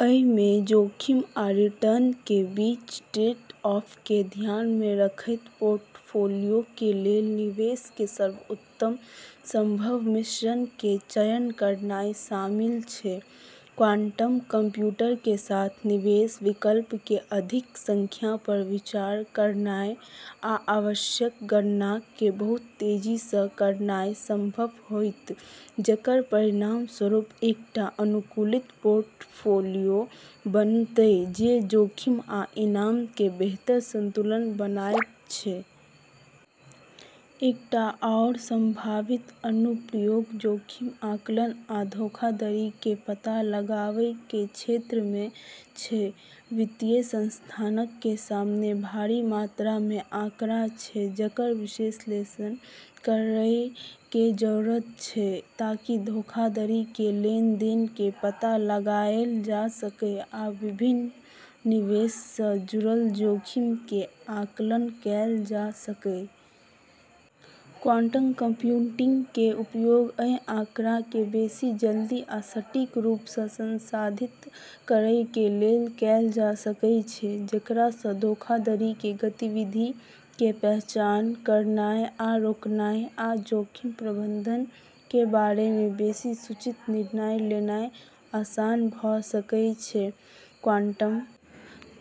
अइ मे जोखिम आ रिटर्न के बीच ट्रेड-ऑफ के ध्यान मे रखयत पोर्टफोलियो के लेल निवेश के सर्वोत्तम संभव मिश्रण के चयन करनाय शामिल छै ।क्वांटम कंप्यूटर के साथ, निवेश विकल्पक के अधिक संख्या पर विचार करनाय आ आवश्यक गणनाक के बहुत तेजी सऽ करनाय संभव होयत, जेकर परिणामस्वरूप एकटा अनुकूलित पोर्टफोलियो बनतय जे जोखिम आ इनाम के बेहतर संतुलन बनायत छै । एकटा आओर संभावित अनुप्रयोग जोखिम आकलन आ धोखाधड़ी के पता लगावय के क्षेत्र मे छै। वित्तीय संस्थानक के सामने भारी मात्रा मे आंकड़ा छै जेकर विश्लेषण करय के जरूरत छै ताकि धोखाधड़ी के लेनदेन के पता लगाएल जा सकय आ विभिन्न निवेश सं जुड़ल जोखिम के आकलन कैल जा सकय। क्वांटम कंप्यूटिंग के उपयोग अइ आंकड़ा के बेसि जल्दी आ सटीक रूप सऽ संसाधित करय के लेल कैल जा सकय छै, जेकरा सऽ धोखाधड़ी के गतिविधि के पहचान करनाय आ रोकनाय आ जोखिम प्रबंधन के बारे मे बेसि सूचित निर्णय लेनाय आसान भ सकय छै ।क्वांटम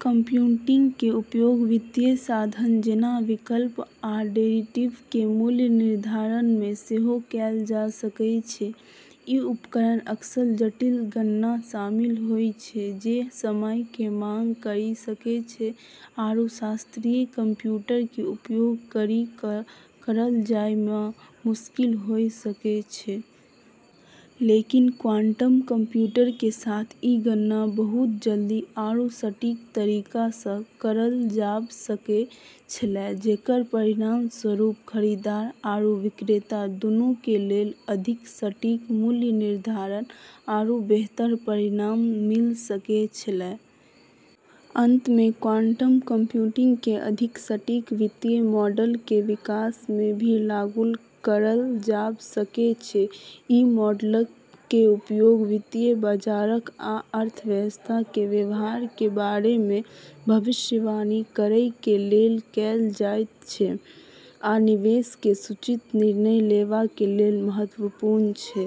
कंप्यूटिंग के उपयोग वित्तीय साधन, जेना विकल्प आ डेरिवेटिव के मूल्य निर्धारण मे सेहो कैल जा सकय छै। ई उपकरणऽ अक्सर जटिल गणना शामिल होय छै जे समय के माँग करी सकै छै आरू शास्त्रीय कंप्यूटर के उपयोग करी कऽ करलऽ जाय मऽ मुश्किल होय सकै छै। लेकिन क्वांटम कंप्यूटर के साथ ई गणना बहुत जल्दी आरू सटीक तरीका सऽ करलऽ जाब सकै छेलै, जेकरऽ परिणामस्वरूप खरीदार आरू विक्रेता दुनु के लेलऽ अधिक सटीक मूल्य निर्धारण आरू बेहतर परिणाम मिल सकै छेलै। अंत में, क्वांटम कंप्यूटिंग के अधिक सटीक वित्तीय मॉडल के विकास मे भी लागू करलऽ जाब सकै छै। इ मॉडलक के उपयोग वित्तीय बाजारक आ अर्थव्यवस्था के व्यवहार के बारे मे भविष्यवाणी करय कें लेल कैल जायत छै, आ निवेश के सूचित निर्णय लेवा के लेल महत्वपूर्ण छै।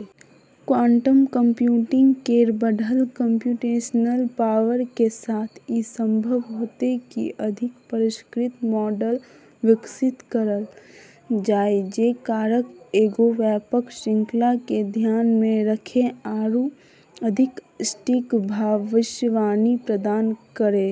क्वांटम कंप्यूटिंग केरऽ बढ़लऽ कम्प्यूटेशनल पावर के साथ ई संभव होतै कि अधिक परिष्कृत मॉडल विकसित करलऽ जाय जे कारकऽ के एगो व्यापक श्रृंखला के ध्यान मे रखै आरू अधिक सटीक भविष्यवाणी प्रदान करै।